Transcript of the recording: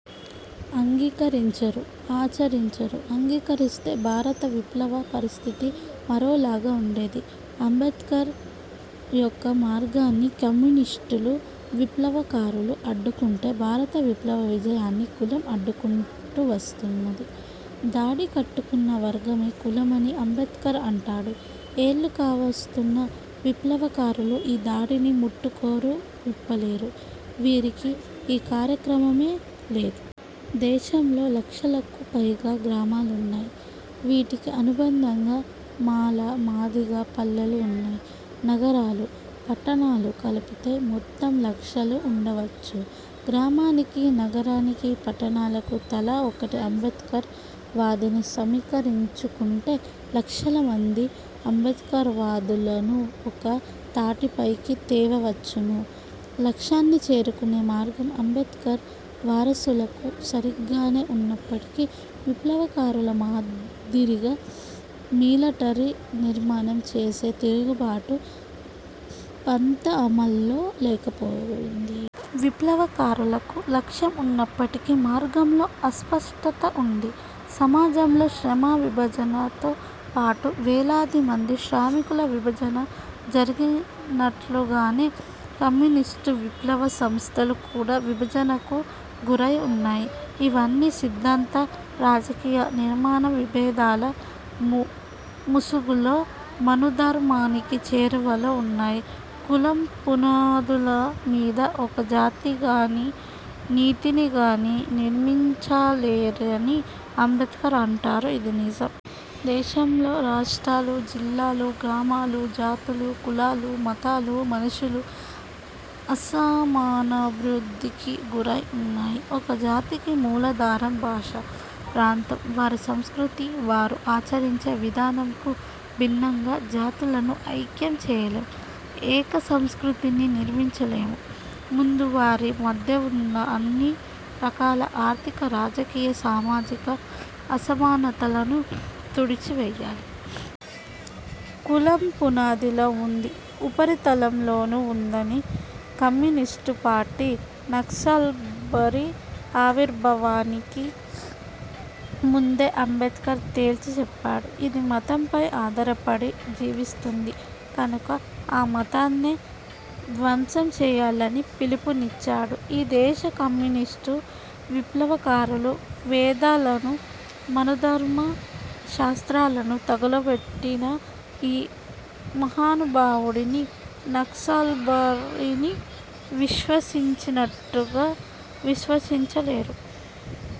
అంగీకరించరు, ఆచరించరు. అంగీకరిస్తే భారత విప్లవ పరిస్థితి మరోలాగా వుండేది. అంబేడ్కర్ యొక్క మార్గాన్ని కమ్యూనిష్టులు, విప్లవకారులు అడ్డుకుంటే, భారత విప్లవ విజయాన్ని కులం అడ్డుకుంటూవస్తున్నది. దాడి కట్టుకున్న వర్గమే కులమని అంబేడ్కర్ అంటాడు. ఏళ్లు కావస్తున్నా విప్లవకారులు ఈ దడిని ముట్టుకోరు, విప్పలేరు. వీరికి ఈ కార్యక్రమమే లేదు. దేశంలో లక్షలకు పైగా గ్రామాలున్నాయి. వీటికి అనుబంధంగా మాల, మాదిగ పల్లెలు వున్నాయి. నగరాలు, పట్టణాలు కలిపితే మొత్తం లక్షలు ఉండవచ్చు. గ్రామానికి, నగరానికి, పట్టణాలకు తల ఒక అంబేడ్కర్ వాదిని సమీకరించుకుంటే లక్షల మంది అంబేడ్కర్వాదులను ఒక తాటిపైకి తేవచ్చును. లక్ష్యాన్ని చేరుకునే మార్గం అంబేడ్కర్ వారసులకు సరిగ్గానే ఉన్నప్పటికి విప్లవకారుల మాదిరిగా మిలటరీ నిర్మాణం చేసే తిరుగుబాటు పంథా అమల్లో లేకపోయింది. విప్లవకారులకు లక్ష్యం ఉన్నప్పటికి మార్గంలో అస్పష్టత ఉంది. సమాజంలో శ్రమ విభజనతో పాటు వేలాది మంది శ్రామికుల విభజన జరిగినట్లుగానే కమ్యూనిస్టు విప్లవ సంస్థలు కూడా విభజనకు గురై వున్నాయి. ఇవన్నీ సిద్ధాంత, రాజకీయ, నిర్మాణ విభేదాల ముసుగులో మనుధర్మానికి చేరువలో వున్నాయి. కులం పునాదుల మీద ఒక జాతిని గానీ, నీతినిగానీ, నిర్మించలేరని అంబేడ్కర్ అంటారు ఇది నిజం. దేశంలో రాష్ట్రాలు, జిల్లాలు, గ్రామాలు, జాతులు, కులాలు, మతాలు, మనుషులు అసమానాభివృద్ధికి గురై ఉన్నాయి. ఒక జాతికి మూలాధారం భాష, ప్రాంతం, వారి సంస్కృతి వారు ఆచరించే విధానంకు భిన్నంగా జాతులను ఐక్యం చేయలేం. ఏక సంస్కృతిని నిర్మించలేము. ముందు వారి మధ్యవున్న అన్ని రకాల ఆర్థిక, రాజకీయ, సామాజిక అసమానతలను తుడిచివేయాలి. కులం పునాదిలో వుంది, ఉపరితలంలోనూ వుందని కమ్యూనిష్టుపార్టీ, నక్సల్బరి ఆవిర్భావానికి ముందే అంబేడ్కర్ తేల్చి చెప్పాడు. ఇది మతం పై ఆధారపడి జీవిస్తుంది కనుక ఆ మతాన్నే ధ్వంసం చేయాలని పిలుపునిచ్చాడు. ఈ దేశ కమ్యూనిస్టు విప్లవకారులు వేదాలను, మనుధర్మ శాస్త్రాలను, తగులబెట్టిన ఈ మహానుభావుడిని నక్సల్బరీని విశ్వసించినట్టుగా విశ్వసించలేదు.